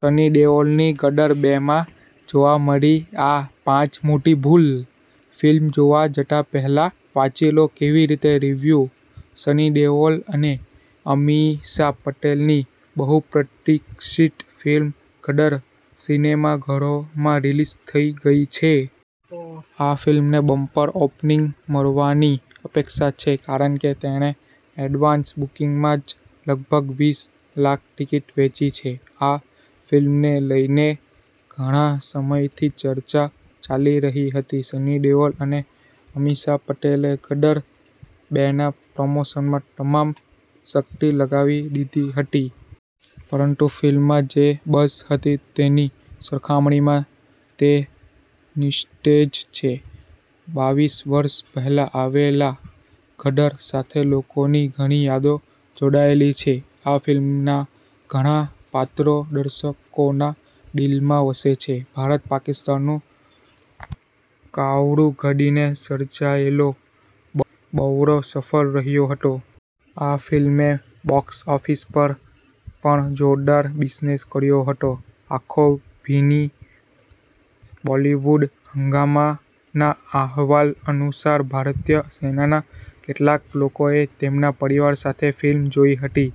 સની દેઓલની ' ગદર બે' માં જોવા મળી આ પાંચ મોટી ભૂલ.ફિલ્મ જોવા જતા પહેલા વાંચી લો કેવા છે રિવ્યૂ. સની દેઓલ અને અમીષા પટેલની બહુપ્રતિક્ષિત ફિલ્મ ગદર સિનેમાઘરોમાં રિલીઝ થઈ ગઈ છે. આ ફિલ્મને બમ્પર ઓપનિંગ મળવાની અપેક્ષા છે કારણ કે તેણે એડવાન્સ બુકિંગમાં જ લગભગ વીસ લાખ ટિકિટ વેચી છે. આ ફિલ્મને લઈને ઘણા સમયથી ચર્ચા ચાલી રહી હતી. સની દેઓલ અને અમીષા પટેલે ગદર બેના પ્રમોશનમાં તમામ શક્તિ લગાવી દીધી હતી. પરંતુ ફિલ્મમાં જે બઝ હતી તેની સરખામણીમાં તે નિસ્તેજ છે. બાવીસ વર્ષ પહેલા આવેલા ગદર સાથે લોકોની ઘણી યાદો જોડાયેલી છે. આ ફિલ્મના ઘણા પાત્રો દર્શકોના દિલમાં વસે છે ભારત-પાકિસ્તાનનું કાવળો ઘડીને સર્જાયેલો બવળો સફળ રહ્યો હતો. આ ફિલ્મે બોક્સ ઓફિસ પર પણ જોરદાર બિઝનેસ કર્યો હતો. આંખો ભીની બોલિવૂડ હંગામાના અહેવાલ અનુસાર, ભારતીય સેનાના કેટલાક લોકોએ તેમના પરિવાર સાથે ફિલ્મ જોઈ હતી.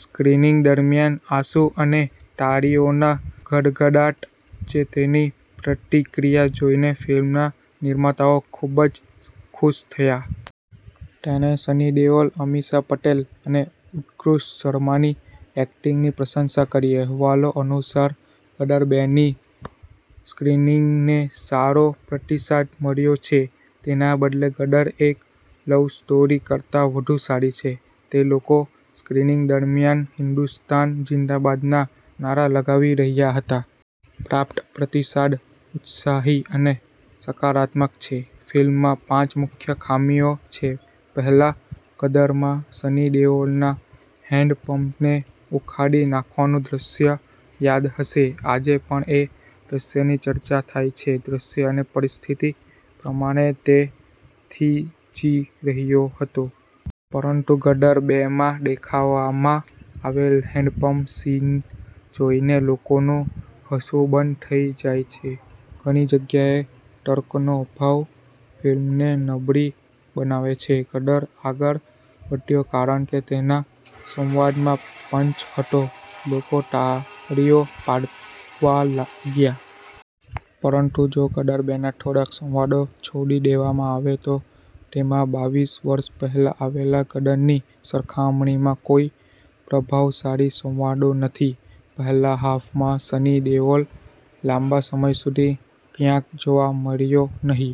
સ્ક્રિનિંગ દરમિયાન આંસુ અને તાળીઓના ગડગડાટ વચ્ચે તેની પ્રતિક્રિયા જોઈને ફિલ્મના નિર્માતાઓ ખૂબ જ ખુશ થયા. તેણે સની દેઓલ, અમીષા પટેલ અને ઉત્કર્ષ શર્માની એક્ટિંગની પ્રશંસા કરી. અહેવાલો અનુસાર, ગદર બે ની સ્ક્રીનિંગને સારો પ્રતિસાદ મળ્યો છે. તેના બદલે 'ગદર- એક લવ સ્ટોરી' કરતાં વધુ સારી છે. તે લોકો સ્ક્રીનિંગ દરમિયાન હિન્દુસ્તાન ઝિંદાબાદના નારા લગાવી રહ્યા હતા. પ્રાપ્ત પ્રતિસાદ ઉત્સાહી અને સકારાત્મક છે. ફિલ્મમાં પાંચ મુખ્ય ખામીઓ છે પહેલા ગદરમાં સની દેઓલના હેન્ડપંપને ઉખાડી નાખવાનું દ્રશ્ય યાદ હશે. આજે પણ એ દ્રશ્યની ચર્ચા થાય છે. દ્રશ્ય અને પરિસ્થિતિ પ્રમાણે તે થીજી રહ્યો હતો. પરંતુ ગદર બે માં દેખાડવામાં આવેલ હેન્ડપમ્પ સીન જોઈને લોકોનું હસવું બંધ થઈ જાય છે. ઘણી જગ્યાએ તર્કનો અભાવ ફિલ્મને નબળી બનાવે છે. ગદર આગળ વધ્યો કારણ કે તેના સંવાદમાં પંચ હતો. લોકો તાળીઓ પાડવા લાગ્યા. પરંતુ જો ગદર બે ના થોડાક સંવાદો છોડી દેવામાં આવે તો તેમાં બાવીસ વર્ષ પહેલા આવેલા ગદરની સરખામણીમાં કોઈ પ્રભાવશાળી સંવાદો નથી. પહેલા હાફમાં સની દેઓલ લાંબા સમય સુધી ક્યાંય જોવા મળ્યો નથી.